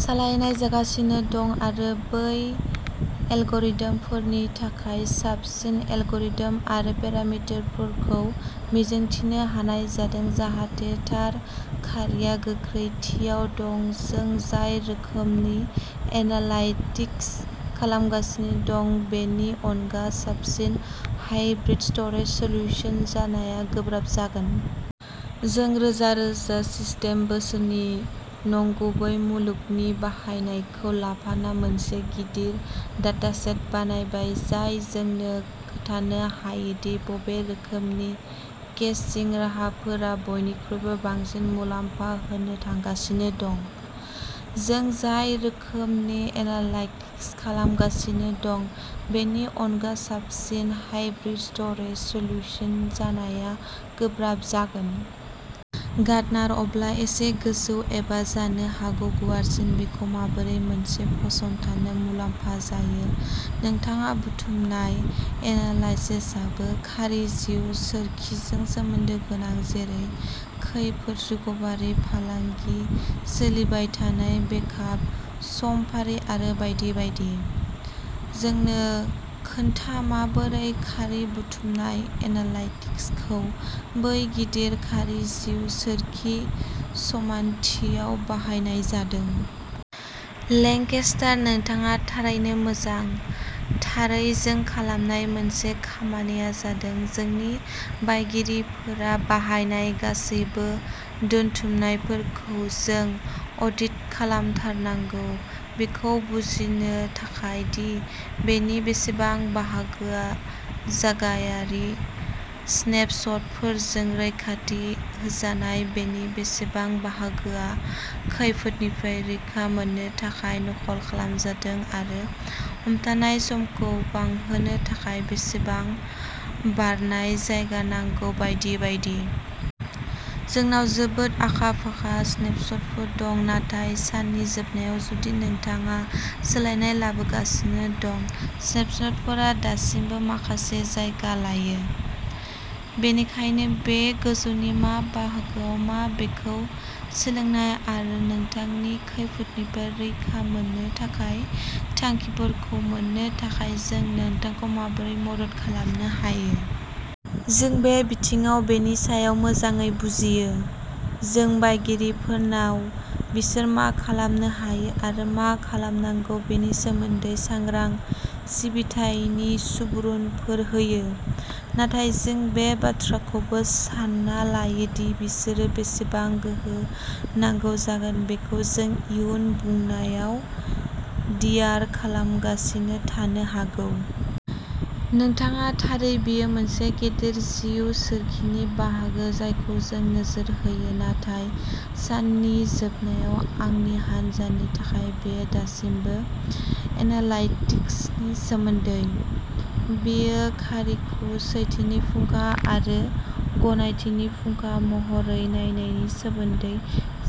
सालायनाय जागासिनो दं आरो बै एलगरिद'मफोरनि थाखाय साबसिन एलगरिद'म आरो पेरामिटारफोरखौ मिजिंथिनो हानाय जादों जाहाथे थार खारिआ गोख्रैथियाव दं जों जाय रोखोमनि एनालाइटिक्स खालामगासिनो दं बेनि अनगा साबसिन हाइब्रिद स्ट'रेज सल्युशन जानाया गोब्राब जागोन। जों रोजा रोजा सिस्टेम बोसोरनि नंगुबै मुलुगनि बाहायनायखौ लाफाना मोनसे गिदिर डाटासेट बानायबाय जाय जोंनो खोन्थानो हायोदि बबे रोखोमनि केशिंनि राहाफोरा बयनिख्रुइबो बांसिन मुलाम्फा होनो थांगासिनो दं। जों जाय रोखोमनि एनालाइटिक्स खालामगासिनो दं बेनि अनगा साबसिन हाइब्रिद स्ट'रेज सल्युशन जानाया गोब्राब जागोन। गार्डनार अब्ला एसे गोजौ एबा जानो हागौ गुवारसिन बेखौ माबोरै मोनसे फसंथाननो मुलाम्फा जायो नोंथाङा बुथुमनाय एनालाइसेसआबो खारि जिउ सोरखिजों सोमोन्दो गोनां जेरै खैफोद रिकभारि फालांगि सोलिबायथानाय बेकआप समफारि आरो बायदि बायदि। जोंनो खोन्था माबोरै खारि बुथुमनाय एनालाइटिक्सखौ बै गिदिर खारि जिउ सोरखि समानथियाव बाहायनाय जादों। लेंकेस्टार नोंथाङा थारैनो मोजां थारै जों खालामनाय मोनसे खामानिया जादों जोंनि बायगिरिफोरा बाहायनाय गासैबो दोनथुमनायफोरखौ जों अडिट खालामथारनांगौ बेखौ बुजिनो थाखाय दि बेनि बेसेबां बाहागोआ जागायारि स्नेपशटफोरजों रैखाथि होजानाय बेनि बेसेबां बाहागोआ खैफोदनिफ्राय रैखा मोननो थाखाय नखल खालामजादों आरो हमथानाय समखौ बांहोनो थाखाय बेसेबां बारयनाय जायगा नांगौ बायदि बायदि। जोंनाव जोबोद आखा फाखा स्नेपशटफोर दं नाथाय साननि जोबनायाव जुदि नोंथाङा सोलायनाय लाबोगासिनो दं स्नेपशटफोरा दासिमबो माखासे जायगा लायो। बेनिखायनो बे गोजौनि मा बाहागोआ मा बेखौ सोलोंनाय आरो नोंथांनि खैफोदनिफ्राय रैखा मोननो थाखाय थांखिफोरखौ मोन्नो थाखाय जों नोंथांखौ माबोरै मदद खालामनो हायो। जों बे बिथिङाव बेनि सायाव मोजाङै बुजियो। जों बायगिरिफोरनाव बिसोर मा खालामनो हायो आरो मा खालामनांगौ बेनि सोमोन्दै सांग्रां सिबिथायनि सुबुरुनफोर होयो। नाथाय जों बे बाथ्राखौबो सान्ना लायो दि बिसोरो बेसेबां गोहो नांगौ जागोन बेखौ जों इयुन बुंनायाव डिआर खालामगासिनो थानो हागौ। नोंथाङा थारै बेयो मोनसे गिदिर जिउ सोरखिनि बाहागो जायखौ जों नोजोर होयो नाथाय साननि जोबनायाव आंनि हानजानि थाखाय बेयो दासिमबो एनालाइटिक्सनि सोमोन्दै। बेयो खारिखौ सैथोनि फुंखा आरो गनायथिनि फुंखा महरै नायनायनि सोमोन्दै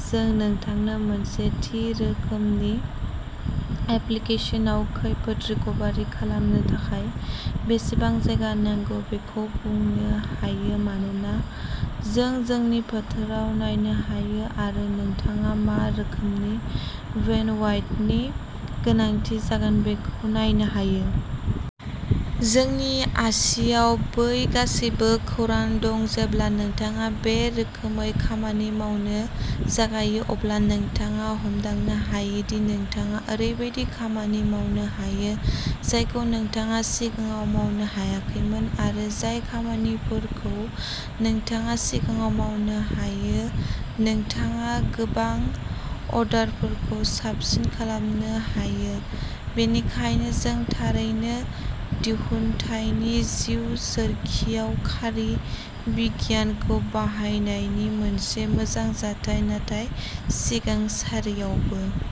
जों नोंथांनो मोनसे थि रोखोमनि एप्लिकेसनआव खैफोद रिकभारि खालामनो थाखाय बेसेबां जायगा नांगौ बेखौ बुंनो हायो मानोना जों जोंनि फोथाराव नायनो हायो आरो नोंथाङा मा रोखोमनि बेन्डवाडथनि गोनांथि जागोन बेखौ नायनो हायो। जोंनि आसिआव बै गासैबो खौरां दं जेब्ला नोंथाङा बे रोखोमै खामानि मावनो जागायो अब्ला नोंथाङा हमदांनो हायो दि नोंथाङा ओरैबायदि खामानि मावनो हायो जायखौ नोंथाङा सिगाङाव मावनो हायाखैमोन आरो जाय खामानिफोरखौ नोंथाङा सिगाङाव मावनो हायो नोंथाङा गोबां अर्डारफोरखौ साबसिन खालामनो हायो बेनिखायनो जों थारैनो दिहुनथायनि जिउ सोरखिआव खारि बिगियानखौ बाहायनायनि मोनसे मोजां जाथाय नाथाय सिगां सारियावबो।